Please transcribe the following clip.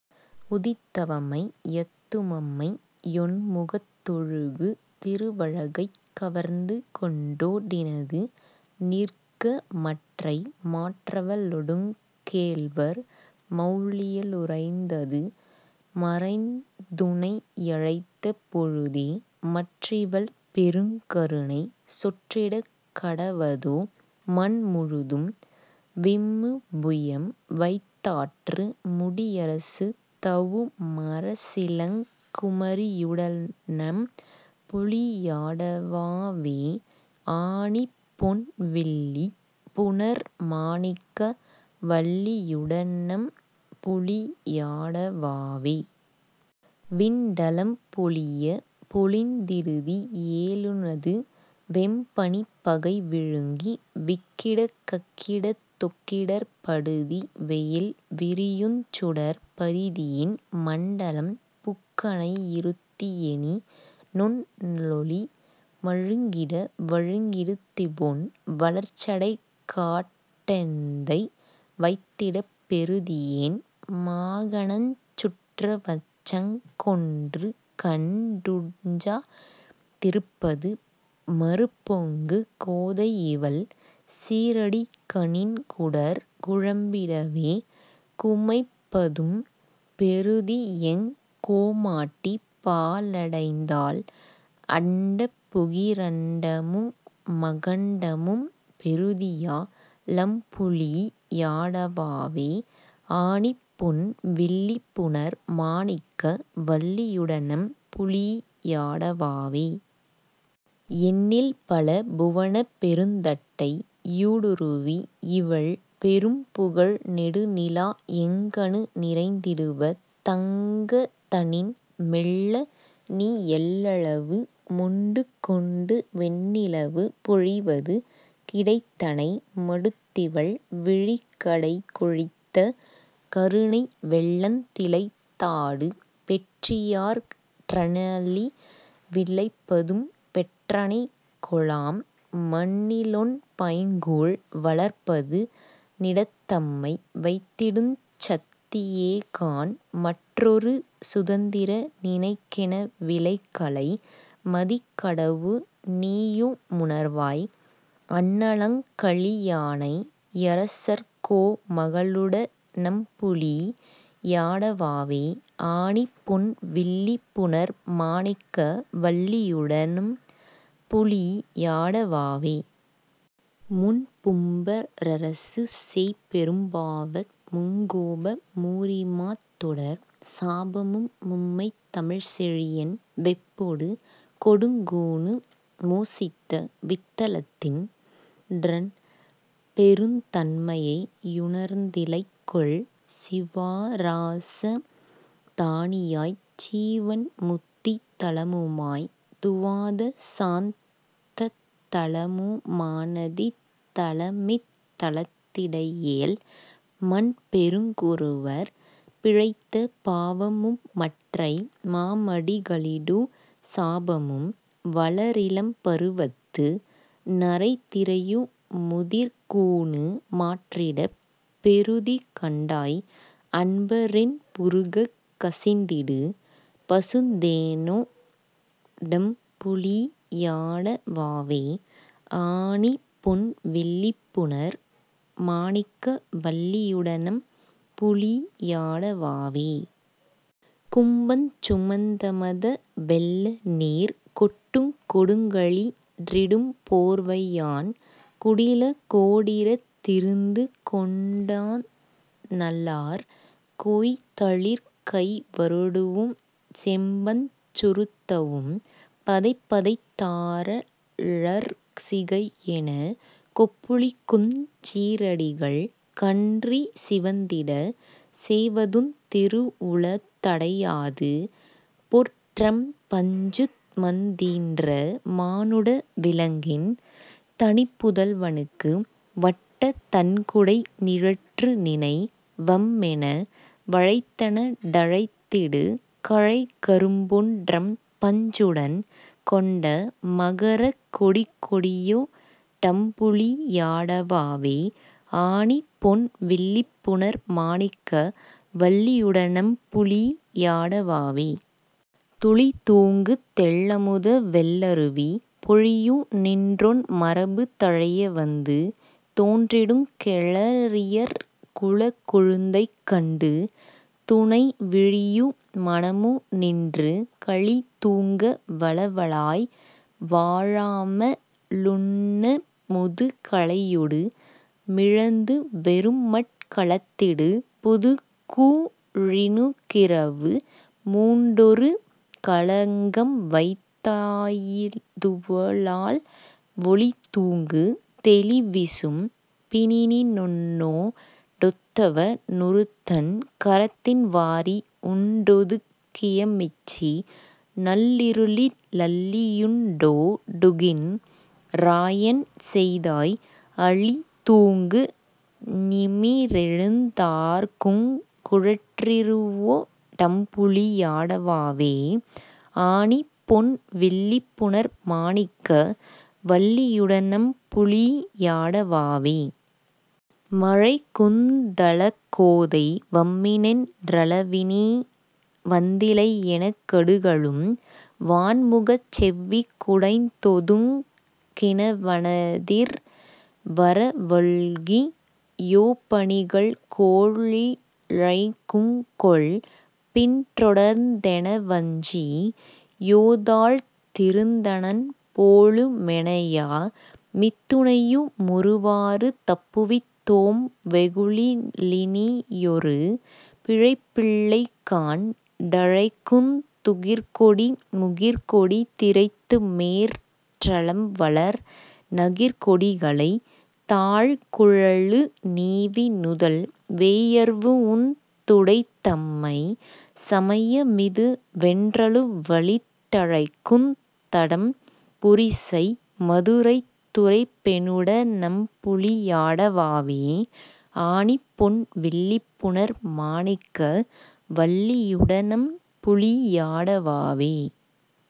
வுதித்தவமை யத்துமம்மை யொண்முகத் தொழுகுதிரு வழகைக் கவர்ந்துகொண் to டினது நிற்கமற்றை மாற்றவ ளொடுங் கேள்வர் மௌலியி லுறைந்தது மறைந்துனை யழைத்த பொழுதே மற்றிவள் பெருங்கருணை சொற்றிடக் கடவதோ மண்முழுதும் விம்முபுயம் வைத் தாற்றுமுடி யரசுதவு மரசிளங் குமரியுட னம்புலீ யாடவாவே ஆணிப்பொன் வில்லிபுணர் மாணிக்க வல்லியுட னம்புலீ யாடவாவே. விண்டலம் பொலியப் பொலிந்திடுதி யேலுனது வெம்பணிப் பகை விழுங்கி விக்கிடக் கக்கிடத் தொக்கிடர்ப் படுதிவெயில் விரியுஞ் சுடர்ப் பரிதியின் மண்டலம் புக்கனை யிருத்தியெனி னொன்ளொளி மழுங்கிட வழுங்கிடுதிபொன் வளர்சடைக் காட்டெந்தை வைத்திடப் பெறுதியேன் மாகணஞ் சுற்றவச்சங் கொண்டுகண் டுஞ்சா திருப்பது மருப்பொங்கு கோதையிவள் சீறடிகணின் குடர் குழம்பிடவே குமைப்பதும் பெறுதியெங் கோமாட்டி பாலடைந்தால் அண்டபுகி ரண்டமு மகண்டமும் பெறுதியா லம்புலீ யாடவாவே ஆணிப்பொன் வில்லிபுணர் மாணிக்க வல்லியுட னம்புலீ யாடவாவே. எண்ணில்பல புவனப்பெருந் தட்டை யூடுருவி யிவள்பெரும் புகழ் நெடுநிலா எங்கணு நிறைந்திடுவ தங்கதனின் மெள்ளநீ யெள்ளளவு மொண்டுகொண்டு வெண்ணிலவு பொழிவது கிடைத்தனை மடுத்திவள் விழிக்கடை கொழித்த கருணை வெள்ளந் திளைத்தாடு பெற்றியாற் றண்ணளி விளைப்பதும் பெற்றனை கொலாம் மண்ணிலொண் பைங்கூழ் வளர்ப்பது னிடத்தம்மை வைத்திடுஞ் சத்தியேகாண் மற்றொரு சுதந்திர நினைக்கென விலைகலை மதிக்கடவு ணீயுமுணர்வாய் அண்ணலங் களியானை யரசர்கோ மகளுட னம்புலீ யாடவாவே ஆணிப்பொன் வில்லிபுணர் மாணிக்க வல்லியுட னம்புலீ யாடவாவே. முன்பும்ப ரரசுசெய் பெரும்பாவ முங்கோப மூரிமாத் தொடர் சாபமும் மும்மைத் தமிழ்செழியன் வெப்பொடு கொடுங்கூனு மோசித்த வித்தலத்தின் றன்பெருந் தன்மையை யுணர்ந்திலை கொல் சிவாராச தானியாய்ச் சீவன்முத்தித் தலமுமாய்த் துவாதசாந் தத்தலமு மானதித் தலமித் தலத்திடையேல் மன்பெருங் குரவர் பிழைத்த பாவமுமற்றை மாமடிகளிடு சாபமும் வளரிளம் பருவத்து நரைதிரையு முதிர்கூனு மாற்றிடப் பெறுதிகண்டாய் அன்பரென் புருகக் கசிந்திடு பசுந்தேனொ டம்புலீ யாடவாவே ஆணிப்பொன் வில்லிபுணர் மாணிக்க வல்லியுட னம்புலீ யாடவாவே. கும்பஞ் சுமந்தமத வெள்ளநீர் கொட்டுங் கொடுங்களி றிடும்போர்வையான் குடிலகோ டீரத் திருந்துகொண் டந்நலார் கொய்தளிர்க் கைவருடவுஞ் செம்பஞ் சுறுத்தவும் பதைபதைத் தாரழற் சிகையெனக் கொப்புளிக்குஞ் சீறடிகள் கன்றிச் சிவந்திட செய்வதுந் திருவுளத் தடையாது பொற் றம்பஞ் சுமந்தீன்ற மானுட விலங்கின் தனிப்புதல்வனுக்கு வட்டத் தண்குடை நிழற்றுநினை வம்மென வழைத்தன டழைத்திடு கழைக் கரும்பொன் றம்பஞ் சுடன்கொண்ட மகரக் கொடிக்கொடியொ டம்புலீ யாடவாவே ஆணிப்பொன் வில்லிபுணர் மாணிக்க வல்லியுட னம்புலீ யாடவாவே. துளிதூங்கு தெள்ளமுத வெள்ளருவி பொழியுநின் றொன்மரபு தழையவந்து தோன்றிடுங் கௌரியர் குலக்கொழுந்தைக்கண்டு துணைவிழியு மனமுநின்று களிதூங்க வளவளாய் வாழாம லுண்ணமுது கலையொடு மிழந்துவெறுமட் கலத்திடு புதுக்கூ ழினுக்கிரவு பூண்டொரு களங்கம்வைத் தாயிதுவலால் ஒளிதூங்கு தெளிவிசும் பினினின்னொ டொத்தவ னொருத்தன் கரத்தின் வாரி உண்டொதுக் கியமிச்சி நள்ளிருளி லள்ளியுண் டோ டுகின் றாயென் செய்தாய் அளிதூங்கு ஞிமிறெழுந் தார்க்குங் குழற்றிருவொ டம்புலீ யாடவாவே ஆணிப்பொன் வில்லிபுணர் மாணிக்க வல்லியுட னம்புலீ யாடவாவே. மழைகொந் தளக்கோதை வம்மினென் றளவினீ வந்திலை யெனக் கடுகலும் வாண்முகச் செவ்விக் குடைந்தொதுங் கினவனெதிர் வரவொல்கி யோபணிகள்கோ ளிழைக்குங்கொல் பின்றொடர்ந் தெனவஞ்சி யோதாழ்த் திருந்தனன் போலுமெனயா மித்துணையு மொருவாறு தப்புவித் தோம்வெகுளி லினியொரு பிழைப்பில்லைகாண் டழைக்குந் துகிற்கொடி முகிற்கொடி திரைத்துமேற் றலம்வளர் நகிற்கொடிகளைத் தாழ்குழலு நீவிநுதல் வெயர்வுந் துடைதம்மை சமயமிது வென்றலுவலிட் டழைக்குந் தடம்புரிசை மதுரைத் துரைப்பெணுட னம்புலீ யாடவாவே ஆணிப்பொன் வில்லிபுணர் மாணிக்க வல்லியுட னம்புலீ யாடவாவே.